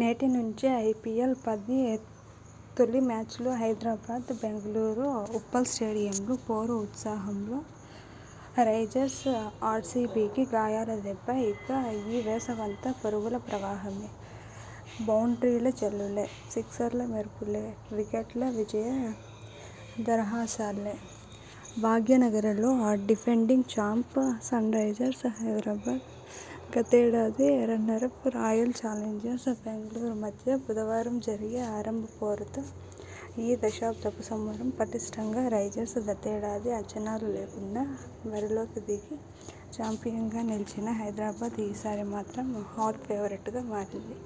నేటి నుంచే ఐపీఎల్-పది తొలి మ్యాచ్లో హైదరాబాద్ బెంగళూరు ఉప్పల్ స్టేడియంలో పోరు ఉత్సాహంలో రైజర్స్ఆర్సీబీకి గాయాల దెబ్బ ఇక ఈ వేసవంతా పరుగుల ప్రవాహమే. బౌండ్రీల జల్లులే. సిక్సర్ల మెరుపులే. వికెట్ల విజయ దరహాసాలే! భాగ్యనగరిలో డిఫెండింగ్ చాంప్ సన్రైజర్స్ హైదరాబాద్, గతేడాది రన్నరప్ రాయల్ చాలెంజర్స్ బెంగళూరు మధ్య బుధవారం జరిగే ఆరంభ పోరుతో ఈ 'దశాబ్దపు' సమరం పటిష్టంగా రైజర్స్ గతేడాది అంచనాలు లేకుండా బరిలోకి దిగి చాంపియన్గా నిలిచిన హైదరాబాద్ ఈసారి మాత్రం హాట్ ఫేవరెట్గా మారింది.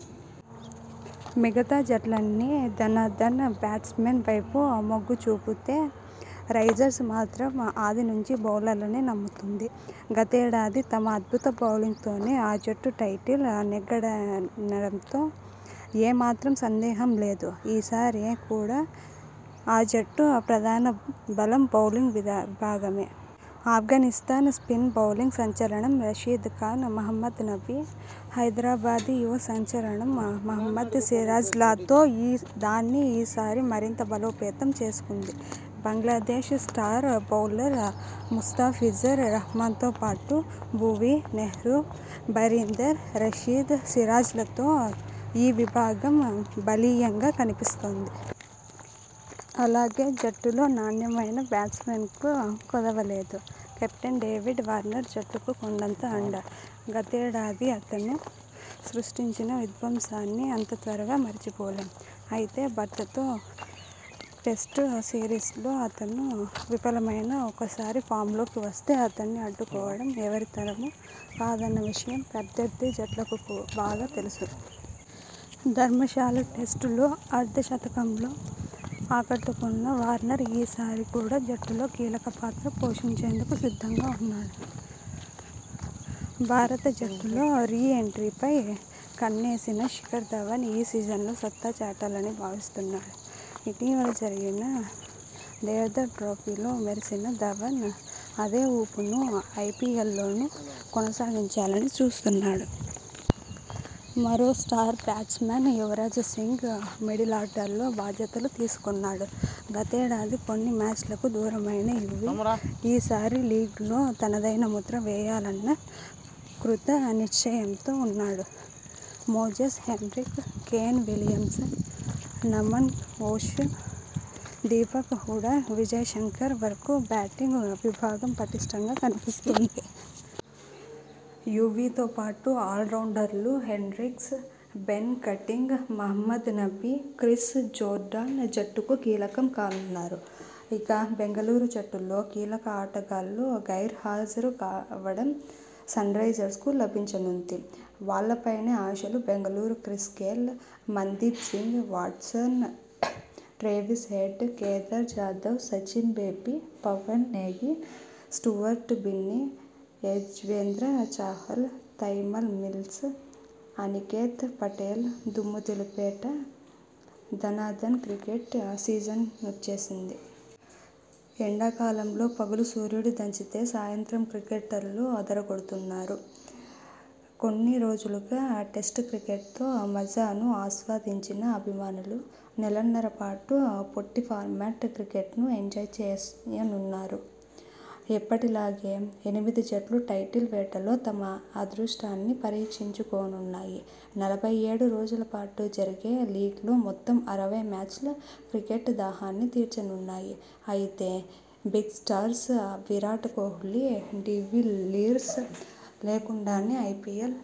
మిగతా జట్లన్నీ ధనాధన్ బ్యాట్స్మెన్ వైపు మొగ్గు చూపితే రైజర్స్ మాత్రం ఆది నుంచి బౌలర్లనే నమ్ముకుంది. గతేడాది తమ అద్భుత బౌలింగ్తోనే ఆ జట్టు టైటిల్ నెగ్గిందనడంలో ఏ మాత్రం సందేహం లేదు. ఈ సారి కూడా ఆ జట్టు ప్రధాన బలం బౌలింగ్ విభాగమే. అఫ్ఘానిస్థాన్ స్పిన్ బౌలింగ్ సంచలనం రషీద్ ఖాన్, మహమ్మద్ నబీ, హైదరాబాదీ యువ సంచలనం మహ్మద్ సిరాజ్లతో దాన్ని ఈ సారి మరింత బలోపేతం చేసుకుంది. బంగ్లాదేశ్ స్టార్ బౌలర్ ముస్తాఫిజుర్ రహ్మాన్తో పాటు భువీ, నెహ్రా, బరీందర్, రషీద్, సిరాజ్లతో ఈ విభాగం బలీయంగా కనిపిస్తోంది. అలాగే, జట్టులో నాణ్యమైన బ్యాట్స్మెన్కూ కొదవ లేదు. కెప్టెన్ డేవిడ్ వార్నర్ జట్టుకు కొండంత అండ. గతేడాది అతను సృష్టించిన విధ్వంసాన్ని అంత త్వరగా మరిచిపోలేం. అయితే, భారత్తో టెస్టు సిరీస్ లో అతను విఫలమైనా ఒక్కసారి ఫామ్లోకి వస్తే అతణ్ణి అడ్డుకోవడం ఎవరితరమూ కాదన్న విషయం ప్రత్యర్థి జట్లకు బాగా తెలుసు. ధర్మశాల టెస్టులో అర్ధ శతకంతో ఆకట్టుకున్న వార్నర్ ఈ సారి కూడా జట్టులో కీలక పాత్ర పోషించేందుకు సిద్ధంగా ఉన్నాడు. భారత జట్టులో రీ ఎంట్రీపై కన్నేసిన శిఖర్ ధవన్ ఈ సీజన్లో సత్తా చాటాలని భావిస్తున్నాడు. ఇటీవల జరిగిన దేవ్ధర్ ట్రోఫీలో మెరిసిన ధవన్ అదే ఊపును ఐపీఎల్లోనూ కొనసాగించాలని చూస్తున్నాడు. మరో స్టార్ బ్యాట్స్మన్ యువరాజ్ సింగ్ మిడిలార్డర్లో బాధ్యతలు తీసుకోనున్నాడు. గతేడాది కొన్ని మ్యాచ్లకు దూరమైన యువీ. ఈ సారి లీగ్లో తనదైన ముద్ర వేయాలన్న కృత నిశ్చయంతో ఉన్నాడు. Moses Henriques, Kane Williamson, Naman Ojha, Deepak Hooda, Vijay Shankar వరకూ బ్యాటింగ్ విభాగం పటిష్టంగా కనిపిస్తోంది. యువీతో పాటు ఆల్రౌండర్లు Henriques, Ben Cutting, Mohammad Nabi, Chris Jordan జట్టుకు కీలకం కానున్నారు. ఇక, బెంగళూరు జట్టులో కీలక ఆటగాళ్లు గైర్హాజరవడం సన్రైజర్స్కు లభించనుంది. వాళ్లపైనే ఆశలు Bengaluru Chris Gayle, Mandeep Singh, Watson, Travis Head, Kedar Jadhav, Sachin Baby, Pawan Negi, Stuart Binny, Yuzvendra Chahal, Tymal Mills, Aniket Patel దుమ్ముదులిపే ఆట ధనాధన్ క్రికెట్ సీజనొచ్చేసింది. ఎండా కాలంలో పగలు సూర్యుడు దంచితే. సాయంత్రం క్రికెటర్లు అదరగొట్టనున్నారు. కొన్ని రోజులుగా టెస్ట్ క్రికెట్తో మజాను ఆస్వాదించిన అభిమానులు. నెలన్నర పాటు పొట్టి ఫార్మాట్ క్రికెట్ను ఎంజాయ్ చేయనున్నారు. ఎప్పటిలాగే ఎనిమిది జట్లు టైటిల్ వేటలో తమ అదృష్టాన్ని పరీక్షించుకోనున్నాయి. నలభై ఏడు రోజులపాటు జరిగే లీగ్లో మొత్తం అరవై మ్యాచ్లు క్రికెట్ దాహాన్ని తీర్చనున్నాయి. అయితే బిగ్స్టార్స్ విరాట్ కోహ్లీ, డివిల్లీర్స్ లేకుండానే ఐపీఎల్